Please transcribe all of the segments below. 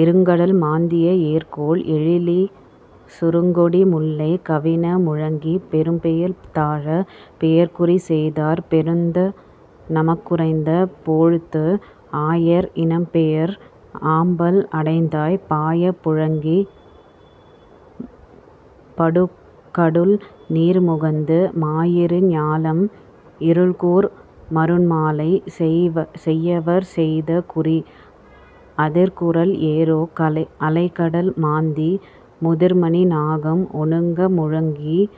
இருங்கடல் மாந்திய ஏர்கொள் எழிலி சுருங்கொடி முல்லை கவின முழங்கிப் பெரும்பெயல் தாழப் பெயர்குறி செய்தார் பொருந்த நமக்குரைத்த போழ்து. ஆயர் இனம்பெயர்த் ஆம்பல் அடைதாய் பாய முழங்கிப் படுகடலுள் நீர்முகந்து மாயிரு ஞாலம் இருள்கூர் மருண்மாலை செயவர் செய்த குறி. அதிர்குரல் ஏறோ அலைகடல் மாந்தி முதிர்மணி நாகம் அனுங்க முழங்கிக்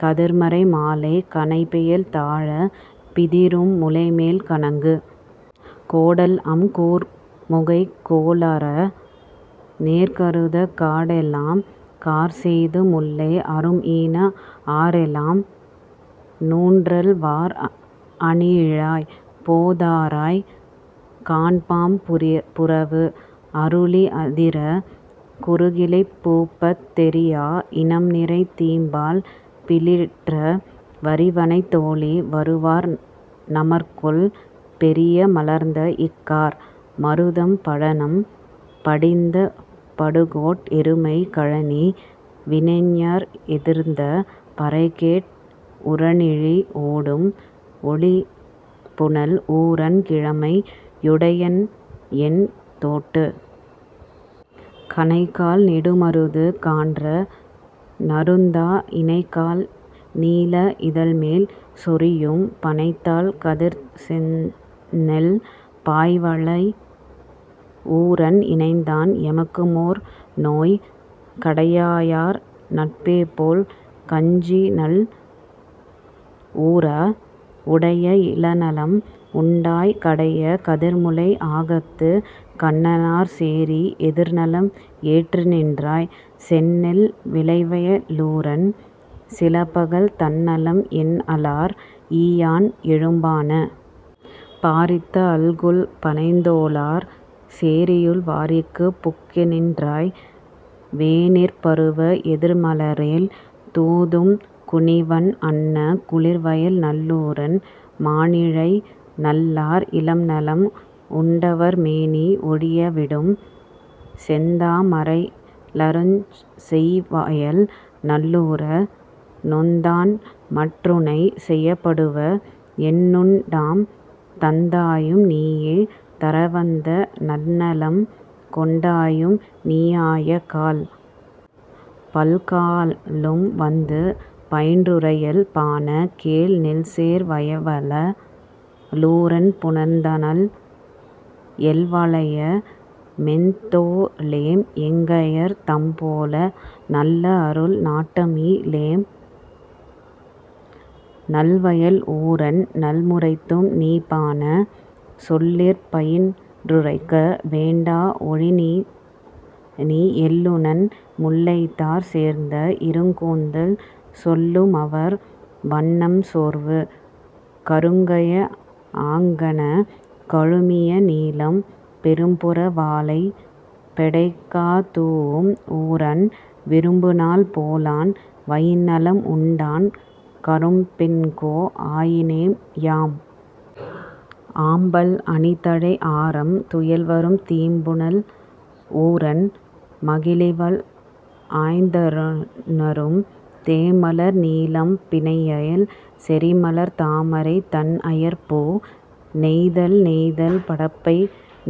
கதிர்மறை மாலை கனைபெயல் தாழப் பிதிரும் முலைமேல் கணங்கு. கோடல்அம் கூர்முகை கோளரா நேர்கருதக் காடெலாம் கார்செய்து முல்லை அரும்ஈன ஆறெலாம் நுண்ணறல் வார் அணியிழாய்! போதராய் காண்பாம் புறவு. அருளி அதிரக் குருகிலை பூப்பத் தெரிஆ இனம்நிறை தீம்பால் பிலிற்ற வரிவனைத் தோளி! வருவார் நமர்கொல் பெரிய மலர்ந்தஇக் கார்.. மருதம் பழனம் படிந்த படுகோட் எருமை கழனி வினைஞர்க் எதிர்ந்த பறைகேட் உரனிழிந் ஓடும் ஒலிபுனல் ஊரன் கிழமை யுடையன்என் தோட்டு. கணைக்கால் நெடுமருது கான்ற நறுந்தா இணைக்கால் நீலத் இதழ்மேல் சொரியும் பணைத்தாள் கதிர்ச்செந்நெல் பாய்வயல் ஊரன் இணைத்தான் எமக்குமோர் நோய். கடையாயார் நட்பேபோல் காஞ்சிநல் ஊர! உடைய இளநலம் உண்டாய் கடைய கதிர்முலை ஆகத்துக் கண்ணன்னார் சேரி எதிர்நலம் ஏற்றுநின் றாய். செந்நெல் விளைவய லூரன் சிலபகல் தன்னலம் என்அலார்க் ஈயான் எழுபாண! பாரித்த அல்குல் பணைத்தோளார் சேரியுள் வாரிக்குப் புக்குநின் றாய். வேனிற் பருவத் எதிர்மலரேல் தூதும் கூனிவண் அன்ன குளிர்வயல் நல்லூரன் மாணிழை நல்லார் இளநலம் உண்டவர் மேனி ஒழிய விடும். செந்தா மரைலருஞ் செய்வயல் நல்லூர! நொந்தான்மற் உன்னைச் செயப்படுவ என்னுண்டாம் தந்தாயும் நீயே தரவந்த நன்னலம் கொண்டாயும் நீஆயக் கால். பல்காலும் வந்து பயின்றுரையல் பாண! கேள் நெல்சேர் வயவல லூரன் புணர்ந்தநாள் எல்வளைய மென்தோளேம் எங்கையர் தம்போல நல்லஅருள் நாட்டம்இ லேம். நல்வயல் ஊரன் நலமுரைத்தும் நீபாண! சொல்லிற் பயின்றுரைக்க வேண்டா ஒழிதிநீ எல்லுநன் முல்லைத்தார் சேர்ந்த இருங்கூந்தல் சொல்லுமவர் வண்ணம் சோர்வு. கருங்கயத் ஆங்கண கழுமிய நீலம் பெரும்புற வாளைப் பெடைகதூஉம் ஊரன் விரும்புநாள் போலான் வயின்நலம் உண்டான் கரும்பின்கோ ஆயினேம் யாம். ஆம்பல் அணித்தழை ஆரம் துயல்வரும் தீம்புனல் ஊரன் மகளிவள் ஆய்ந்தநறும் தேமலர் நீலம் பிணையல் செறிமலர்த் தாமரை தன்ஐயர் பூ.. நெய்தல் நெய்தல் படப்பை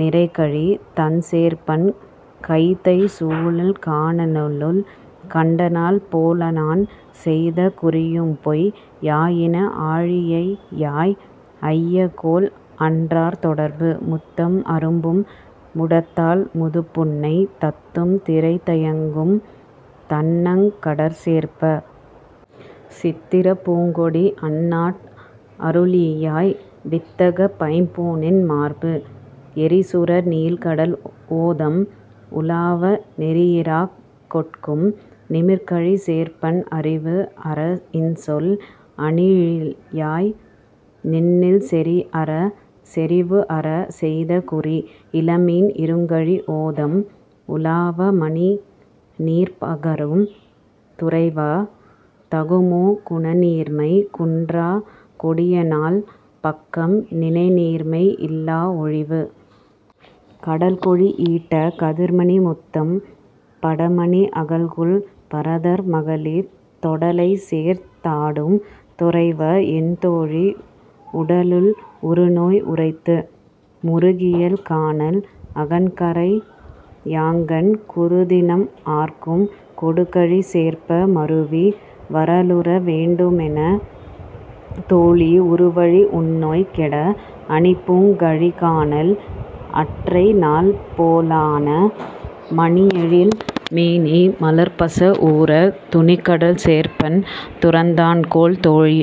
நிறைகழித் தண்சேர்ப்பன் கைதைசூழ் கானலுள் கண்டநாள் போலானான் செய்த குறியும்பொய் யாயின ஆயிழையாய்! ஐயகொல் ஆன்றார் தொடர்பு. முத்தம் அரும்பும் முடத்தாள் முதுபுன்னை தத்தும் திரைதயங்கும் தண்ணங் கடற்சேர்ப்ப! சித்திரப் பூங்கொடி அன்னாட் அருள்ஈயாய் வித்தகப் பைம்பூணின் மார்பு. எறிசுறா நீள்கடல் ஓதம் உலாவ நெறியிறாக் கொட்கும் நிமிர்கழிச் சேர்ப்பன் அறிவுஅறா இன்சொல் அணியிழையாய்! நின்னில் செறிவுஅறா செய்த குறி. இளமீன் இருங்கழி ஓதம் உலாவ மணிநீர் பரக்கும் துறைவ! தகுமோ குணநீர்மை குன்றாக் கொடியன்னாள் பக்கம் நினைநீர்மை இல்லா ஒழிவு. கடல்கொழித் ஈட்ட கதிர்மணி முத்தம் படமணி அல்குல் பரதர் மகளிர் தொடலைசேர்த் ஆடும் துறைவ! என்தோழி! உடலுள் உறுநோய் உரைத்து. முருகியல் கானல் அகன்கரை யாங்கண் குருதினம் ஆர்க்கும் கொடுங்கழிச் சேர்ப்ப மருவி வரலுற வேண்டும்என் தோழி உருவழி உன்நோய் கெட. அணிபூங் கழிக்கானல் அற்றைநாள் போலான மணியெழில் மேனி மலர்பசப் ஊரத் துணிகடல் சேர்ப்பன் துறந்தான்கொல் தோழி!